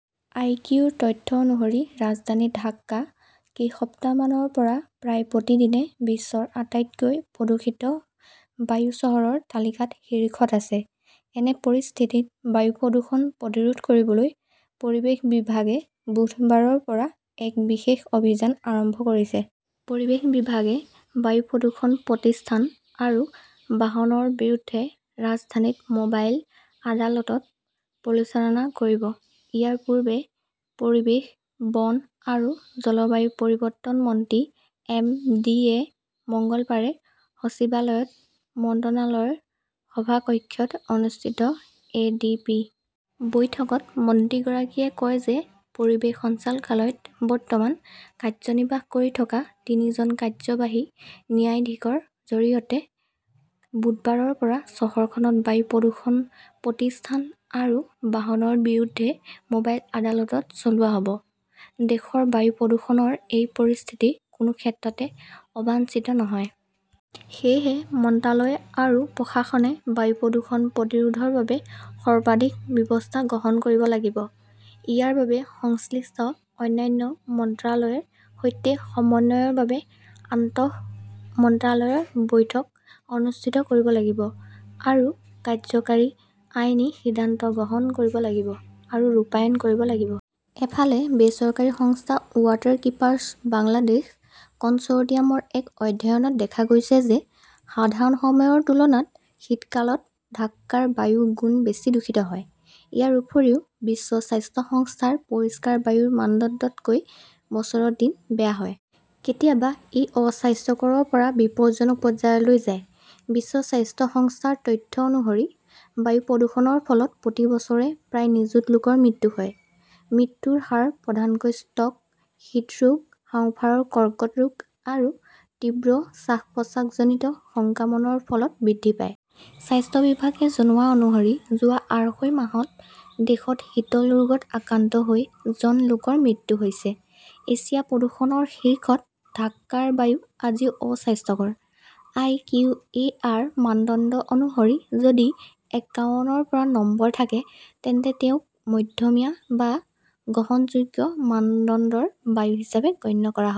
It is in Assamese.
আই. কিউ. ৰ তথ্য অনুসৰি, ৰাজধানী ঢাকা কেইসপ্তাহমানৰ পৰা প্ৰায় প্ৰতিদিনে বিশ্বৰ আটাইতকৈ প্ৰদূষিত বায়ু চহৰৰ তালিকাত শীৰ্ষত আছে। এনে পৰিস্থিতিত বায়ু প্ৰদূষণ প্ৰতিৰোধ কৰিবলৈ পৰিৱেশ বিভাগে বুধবাৰৰ পৰা এক বিশেষ অভিযান আৰম্ভ কৰিছে। পৰিৱেশ বিভাগে বায়ু প্ৰদূষণ প্ৰতিষ্ঠান আৰু বাহনৰ বিৰুদ্ধে ৰাজধানীত মোবাইল আদালত পৰিচালনা কৰিব। ইয়াৰ পূৰ্বে, পৰিৱেশ, বন আৰু জলবায়ু পৰিৱৰ্তন মন্ত্ৰী এম. ডি. য়ে মঙলবাৰে সচিবালয়ত মন্ত্ৰালয়ৰ সভা কক্ষত অনুষ্ঠিত এ. ডি. পি. বৈঠকত মন্ত্ৰীগৰাকীয়ে কয় যে, পৰিৱেশ সঞ্চালকালয়ত বৰ্তমান কাৰ্যনিৰ্বাহ কৰি থকা তিনিজন কাৰ্যবাহী ন্যায়াধীশৰ জৰিয়তে বুধবাৰৰ পৰা চহৰখনত বায়ু প্ৰদূষণ প্ৰতিষ্ঠান আৰু বাহনৰ বিৰুদ্ধে মোবাইল আদালত চলোৱা হ'ব। দেশৰ বায়ু প্ৰদূষণৰ এই পৰিস্থিতি কোনো ক্ষেত্ৰতে অবাঞ্ছিত নহয়। সেয়েহে, মন্ত্ৰালয় আৰু প্ৰশাসনে বায়ু প্ৰদূষণ প্ৰতিৰোধৰ বাবে সৰ্বাধিক ব্যৱস্থা গ্ৰহণ কৰিব লাগিব। ইয়াৰ বাবে সংশ্লিষ্ট অন্যান্য মন্ত্ৰালয়ৰ সৈতে সমন্বয়ৰ বাবে আন্তঃ মন্ত্ৰালয়ৰ বৈঠক অনুষ্ঠিত কৰিব লাগিব আৰু কাৰ্যকৰী আইনী সিদ্ধান্ত গ্ৰহণ কৰিব লাগিব আৰু ৰূপায়ণ কৰিব লাগিব। ইফালে, বেচৰকাৰী সংস্থা ৱাটাৰকীপাৰ্ছ বাংলাদেশ কনচৰ্টিয়ামৰ এক অধ্যয়নত দেখা গৈছে যে সাধাৰণ সময়ৰ তুলনাত শীতকালত ঢাকাৰ বায়ু গুণ বেছি দূষিত হয়। ইয়াৰ উপৰিও, বিশ্ব স্বাস্থ্য সংস্থাৰ পৰিষ্কাৰ বায়ুৰ মানদণ্ডতকৈ বছৰত দিন বেয়া হয়। কেতিয়াবা ই অস্বাস্থ্যকৰৰ পৰা বিপদজনক পৰ্যায়লৈ যায়। বিশ্ব স্বাস্থ্য সংস্থাৰ তথ্য অনুসৰি, বায়ু প্ৰদূষণৰ ফলত প্ৰতি বছৰে প্ৰায় নিযুত লোকৰ মৃত্যু হয়। মৃত্যুৰ হাৰ প্ৰধানকৈ ষ্ট্ৰ 'ক, হৃদৰোগ, হাঁওফাঁওৰ কৰ্কট ৰোগ আৰু তীব্ৰ শ্বাস-প্ৰশ্বাসজনিত সংক্ৰমণৰ ফলত বৃদ্ধি পায়। স্বাস্থ্য বিভাগে জনোৱা অনুসৰি যোৱা আঢ়ৈ মাহত দেশত শীতল ৰোগত আক্ৰান্ত হৈ জন লোকৰ মৃত্যু হৈছে। এছিয়া প্ৰদূষণৰ শীৰ্ষত ঢাকাৰ বায়ু আজিও অস্বাস্থ্যকৰ। আই. কিউ. এ. আৰ. মানদণ্ড অনুসৰি, যদি এক্কাৱনৰ পৰা নম্বৰ থাকে তেন্তে তেওঁক মধ্যমীয়া বা গ্ৰহণযোগ্য মানদণ্ডৰ বায়ু হিচাপে গণ্য কৰা হয়।